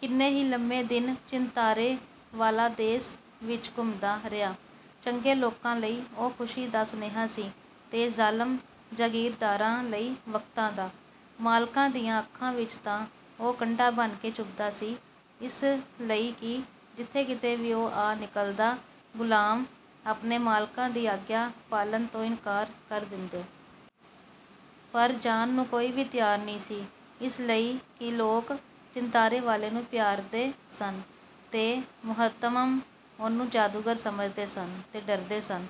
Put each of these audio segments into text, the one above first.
ਕਿੰਨੇ ਹੀ ਲੰਮੇ ਦਿਨ ਚਿੰਤਾਰੇ ਵਾਲਾ ਦੇਸ ਵਿੱਚ ਘੁੰਮਦਾ ਰਿਹਾ। ਚੰਗੇ ਲੋਕਾਂ ਲਈ ਉਹ ਖੁਸ਼ੀ ਦਾ ਸੁਨੇਹਾ ਸੀ, ਤੇ ਜ਼ਾਲਮ ਜਾਗੀਰਦਾਰਾਂ ਲਈ ਵਖ਼ਤਾਂ ਦਾ। ਮਾਲਕਾਂ ਦੀਆਂ ਅੱਖਾਂ ਵਿੱਚ ਤਾਂ ਉਹ ਕੰਡਾ ਬਣ ਕੇ ਚੁਭਦਾ ਸੀ, ਇਸ ਲਈ ਕਿ ਜਿਥੇ ਕਿਤੇ ਵੀ ਉਹ ਆ ਨਿਕਲਦਾ, ਗੁਲਾਮ ਆਪਣੇ ਮਾਲਕਾਂ ਦੀ ਆਗਿਆ ਪਾਲਣ ਤੋਂ ਇਨਕਾਰ ਕਰ ਦੇਂਦੇ। ਪਰ ਜਾਣ ਨੂੰ ਕੋਈ ਵੀ ਤਿਆਰ ਨਹੀਂ ਸੀ, ਇਸ ਲਈ ਕਿ ਲੋਕ ਚਿੰਤਾਰੇ ਵਾਲੇ ਨੂੰ ਪਿਆਰਦੇ ਸਨ, ਤੇ ਮੁਹਤਮਮ ਉਹਨੂੰ ਜਾਦੂਗਰ ਸਮਝਦੇ ਸਨ ਤੇ ਡਰਦੇ ਸਨ।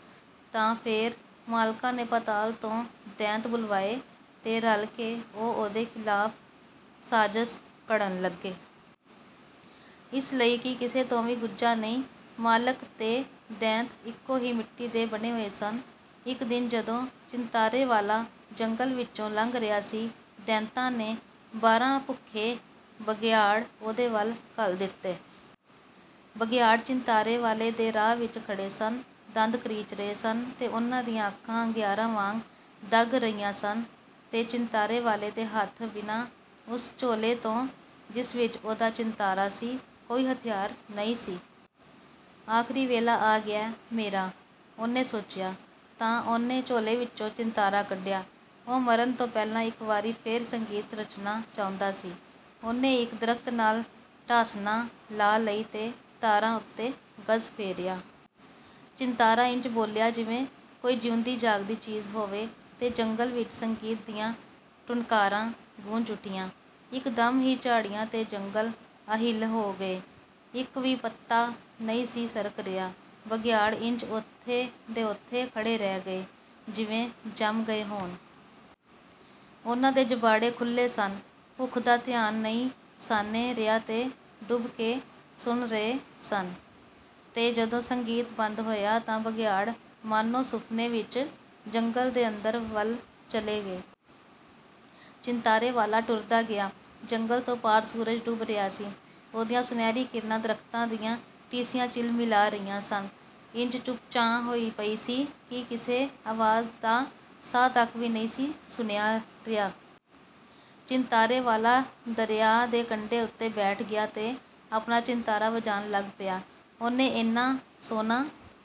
ਤਾਂ ਫੇਰ ਮਾਲਕਾਂ ਨੇ ਪਾਤਾਲ ਤੋਂ ਦੈਂਤ ਬੁਲਵਾਏ ਤੇ ਰਲ ਕੇ ਉਹ ਉਹਦੇ ਖ਼ਿਲਾਫ਼ ਸਾਜ਼ਸ਼ ਘੜਨ ਲੱਗੇ। ਇਸ ਲਈ ਕਿ ਕਿਸੇ ਤੋਂ ਵੀ ਗੁੱਝਾ ਨਹੀਂ, ਮਾਲਕ ਤੇ ਦੈਂਤ ਇਕੋ ਹੀ ਮਿੱਟੀ ਦੇ ਬਣੇ ਹੋਏ ਸਨ। ਇੱਕ ਦਿਨ ਜਦੋਂ ਚਿੰਤਾਰੇ ਵਾਲਾ ਜੰਗਲ ਵਿਚੋਂ ਲੰਘ ਰਿਹਾ ਸੀ, ਦੈਂਤਾਂ ਨੇ ਬਾਰਾਂ ਭੁੱਖੇ ਬਘਿਆੜ ਉਹਦੇ ਵਲ ਘੱਲ ਦਿੱਤੇ। ਬਘਿਆੜ ਚਿੰਤਾਰੇ ਵਾਲੇ ਦੇ ਰਾਹ ਵਿੱਚ ਖੜੇ ਸਨ, ਦੰਦ ਕਰੀਚ ਰਹੇ ਸਨ ਤੇ ਉਹਨਾਂ ਦੀਆਂ ਅੱਖਾਂ ਅੰਗਿਆਰਾਂ ਵਾਂਗ ਦੱਗ ਰਹੀਆਂ ਸਨ। ਤੇ ਚਿੰਤਾਰੇ ਵਾਲੇ ਦੇ ਹੱਥ, ਬਿਨਾਂ ਉਸ ਝੋਲੇ ਤੋਂ ਜਿਸ ਵਿੱਚ ਉਹਦਾ ਚਿੰਤਾਰਾ ਸੀ, ਕੋਈ ਹਥਿਆਰ ਨਹੀਂ ਸੀ। "ਆਖ਼ਰੀ ਵੇਲਾ ਆ ਗਿਐ ਮੇਰਾ," ਉਹਨੇ ਸੋਚਿਆ। ਤਾਂ ਉਹਨੇ ਝੋਲੇ ਵਿਚੋਂ ਚਿੰਤਾਰਾ ਕੱਢਿਆ। ਉਹ ਮਰਨ ਤੋਂ ਪਹਿਲਾਂ ਇੱਕ ਵਾਰੀ ਫੇਰ ਸੰਗੀਤ ਰਚਣਾ ਚਾਹੁੰਦਾ ਸੀ। ਉਹਨੇ ਇੱਕ ਦਰਖ਼ਤ ਨਾਲ ਢਾਸਣਾ ਲਾ ਲਈ ਤੇ ਤਾਰਾਂ ਉਤੇ ਗਜ਼ ਫੇਰਿਆ। ਚਿੰਤਾਰਾ ਇੰਜ ਬੋਲਿਆ, ਜਿਵੇਂ ਕੋਈ ਜਿਊਂਦੀ-ਜਾਗਦੀ ਚੀਜ਼ ਹੋਵੇ, ਤੇ ਜੰਗਲ ਵਿੱਚ ਸੰਗੀਤ ਦੀਆਂ ਟੁਣਕਾਰਾਂ ਗੂੰਜ ਉੱਠੀਆਂ। ਇਕਦਮ ਹੀ ਝਾੜੀਆਂ ਤੇ ਜੰਗਲ ਅਹਿੱਲ ਹੋ ਗਏ, ਇੱਕ ਵੀ ਪੱਤਾ ਨਹੀਂ ਸੀ ਸਰਕ ਰਿਹਾ; ਬਘਿਆੜ ਇੰਜ ਓਥੇ ਦੇ ਓਥੇ ਖੜੇ ਰਹਿ ਗਏ, ਜਿਵੇਂ ਜੰਮ ਗਏ ਹੋਣ। ਉਹਨਾਂ ਦੇ ਜਬਾੜੇ ਖੁੱਲ੍ਹੇ ਸਨ, ਭੁੱਖ ਦਾ ਧਿਆਨ ਨਹੀਂ ਸਾਨੇਂ ਰਿਹਾ ਤੇ ਡੁੱਬ ਕੇ ਸੁਣ ਰਹੇ ਸਨ। ਤੇ ਜਦੋਂ ਸੰਗੀਤ ਬੰਦ ਹੋਇਆ, ਤਾਂ ਬਘਿਆੜ, ਮਾਣੋ ਸੁਫ਼ਨੇ ਵਿੱਚ, ਜੰਗਲ ਦੇ ਅੰਦਰ ਵੱਲ ਚਲੇ ਗਏ। ਚਿੰਤਾਰੇ ਵਾਲਾ ਟੁਰਦਾ ਗਿਆ। ਜੰਗਲ ਤੋਂ ਪਾਰ ਸੂਰਜ ਡੁੱਬ ਰਿਹਾ ਸੀ, ਉਹਦੀਆਂ ਸੁਨਹਿਰੀ ਕਿਰਨਾਂ ਦਰਖ਼ਤਾਂ ਦੀਆਂ ਟੀਸੀਆਂ ਝਿਲਮਿਲਾ ਰਹੀਆਂ ਸਨ। ਇੰਜ ਚੁੱਪ-ਚਾਂ ਹੋਈ ਪਈ ਸੀ ਕਿ ਕਿਸੇ ਆਵਾਜ਼ ਦਾ ਸਾਹ ਤਕ ਵੀ ਨਹੀਂ ਸੀ ਸੁਣਿਆ ਰਿਹਾ। ਚਿੰਤਾਰੇ ਵਾਲਾ ਦਰਿਆ ਦੇ ਕੰਢੇ ਉਤੇ ਬੈਠ ਗਿਆ, ਤੇ ਆਪਣਾ ਚਿੰਤਾਰਾ ਵਜਾਣ ਲੱਗ ਪਿਆ। ਉਹਨੇ ਏਨਾ ਸੁਹਣਾ